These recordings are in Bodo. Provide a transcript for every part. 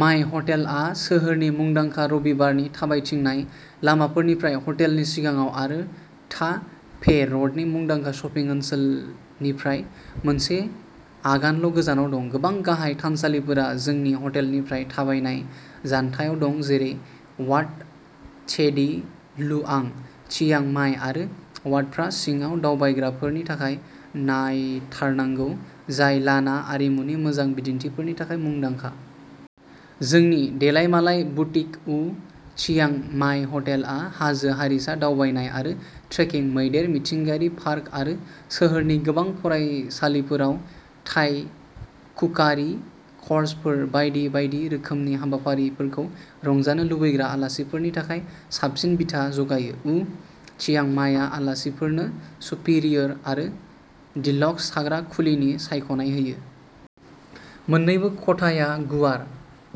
माइ हटेलआ सोहोरनि मुंदांखा रबिबारनि थाबायथिंनाय लामाफोरनिफ्राय ह'टेलनि सिगाङाव आरो था फे र'डनि मुंदांखा शपिं ओनसोलनिफ्राय मोनसे आगानल'गोजानाव दं। गोबां गाहाय थानसालिफोरा जोंनि हटेलनिफ्राय थाबायनाय जानथायाव दं जेरै वाट चेदि लुआं, चियां माइ आरो वाट फ्रा सिंआव दावबायग्राफोरनि थाखाय नायथारनांगौ, जाय लाना आरिमुनि मोजां बिदिन्थिफोरनि थाखाय मुंदांखा। जोंनि देलायमालाय बुटिक उ चियां माइ हटेलआ हाजो-हारिसा दावबायनाय आरो ट्रेकिं, मैदेर मिथिंगायारि पार्क आरो सोहोरनि गोबां फरायसालिफोराव थाइ कुकारि क'र्सफोर बायदि बायदि रोखोमनि हाबाफारिफोरखौ रंजानो लुबैग्रा आलासिफोरनि थाखाय साबसिन बिथा जगायो। उ चियां माइआ आलासिफोरनो सुपिरियर आरो डीलक्स थाग्रा खुलिनि सायख'नाय होयो। मोन्नैबो खथाया गुवार।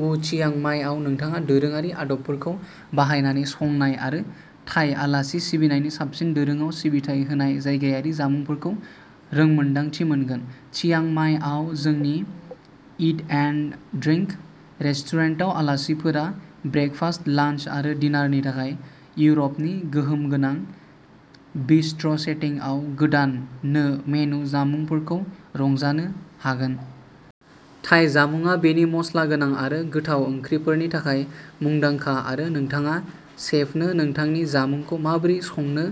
उ चियां माइआव नोंथाङा दोरोङारि आदबफोरखौ बाहायनानै संनाय आरो थाई आलासि सिबिनायनि साबसिन दोरोंआव सिबिथाय होनाय जायगायारि जामुंफोरखौ रोंमोन्दांथि मोनगोन। चियां माइआव जोंनि इट एन्ड ड्रिंक रेस्टुरेन्टाव आलासिफोरा ब्रेकफास्ट, लान्स आरो डिनारनि थाखाय इउर'पनि गोहोम गोनां बिस्ट्र'सेटिंआव गोदान "नो मेनु" जामुंफोरखौ रंजानो हागोन। थाई जामुंआ बेनि मस्ला गोनां आरो गोथाव ओंख्रिफोरनि थाखाय मुंदांखा आरो नोंथाङा सेफनो नोंथांनि जामुंखौ माबोरै संनो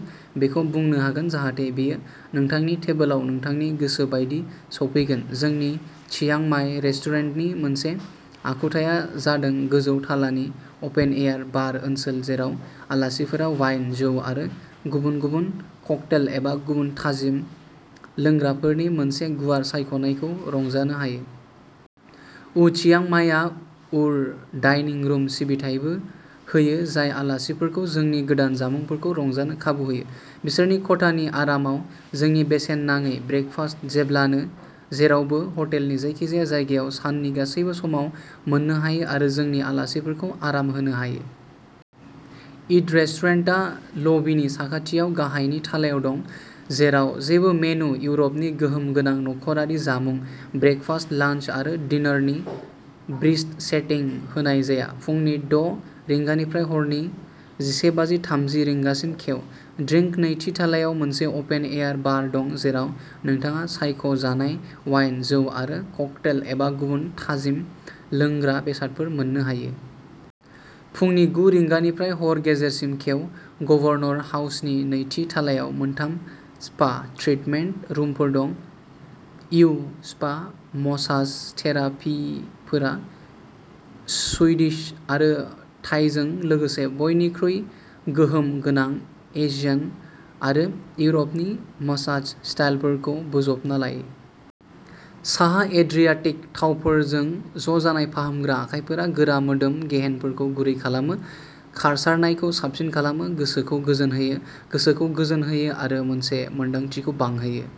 बेखौ बुंनो हागोन, जाहाथे बेयो नोंथांनि टेबोलाव नोंथांनि गोसो बायदि सौफैगोन। जोंनि चियां माइ रेस्टुरेन्टनि मोनसे आखुथाया जादों गोजौ थालानि अपेन एयार बार ओनसोल जेराव आलासिफोरा वाइन, जौ आरो गुबुन गुबुन ककटेल एबा गुबुन थाजिम लोंग्राफोरनि मोनसे गुवार सायख'नायखौ रंजानो हायो। उ चियां माइआ उर डाइनिं रुम सिबिथाइबो होयो जाय आलासिफोरखौ जोंनि गोदान जामुंफोरखौ रंजानो खाबु होयो। बिसोरनि खथानि आरामाव। जोंनि बेसेन नाङै ब्रेकफास्ट "जेब्लानो जेरावबो" ह'टेलनि जायखिजाया जायगायाव साननि गासैबो समाव मोननो हायो आरो जोंनि आलासिफोरखौ आराम होनो हायो। "इट" रेस्टुरेन्टआ लबिनि साखाथियाव गाहायनि थालायाव दं, जेराव जेबो मेनु, इउर'पनि गोहोम गोनां नखरारि जामुं, ब्रेकफास्ट, लान्स आरो डिनरनि बिस्ट्र'सेटिं होनाय जाया। फुंनि द' रिंगानिफ्राय हरनि जिसेबाजि थामजि रिंगासिम खेव। "ड्रिंक" नैथि थालायाव मोनसे अपेन एयार बार दं जेराव नोंथाङा सायख'जानाय वाइन, जौ आरो ककटेल एबा गुबुन थाजिम लोंग्रा बेसादफोर मोन्नो हायो। फुंनि गु रिंगानिफ्राय हर गेजेरसिम खेव। गभर्नर हाउसनि नैथि थालायाव मोनथाम स्पा ट्रिटमेन्ट रुमफोर दं। यु स्पा मसाज थेरापिफोरा सुइडिश आरो थाईजों लोगोसे बयनिख्रुइ गोहोम गोनां एसियान आरो इउर'पनि मसाज स्टाइलफोरखौ बोजबना लायो। साहा एड्रियाटिक थावफोरजों ज'जानाय फाहामग्रा आखायफोरा गोरा मोदोम गेहेनफोरखौ गुरै खालामो, खारसारनायखौ साबसिन खालामो, गोसोखौ गोजोन होयो, गोसोखौ गोजोन होयो आरो मोनसे मोनदांथिखौ बांहोयो।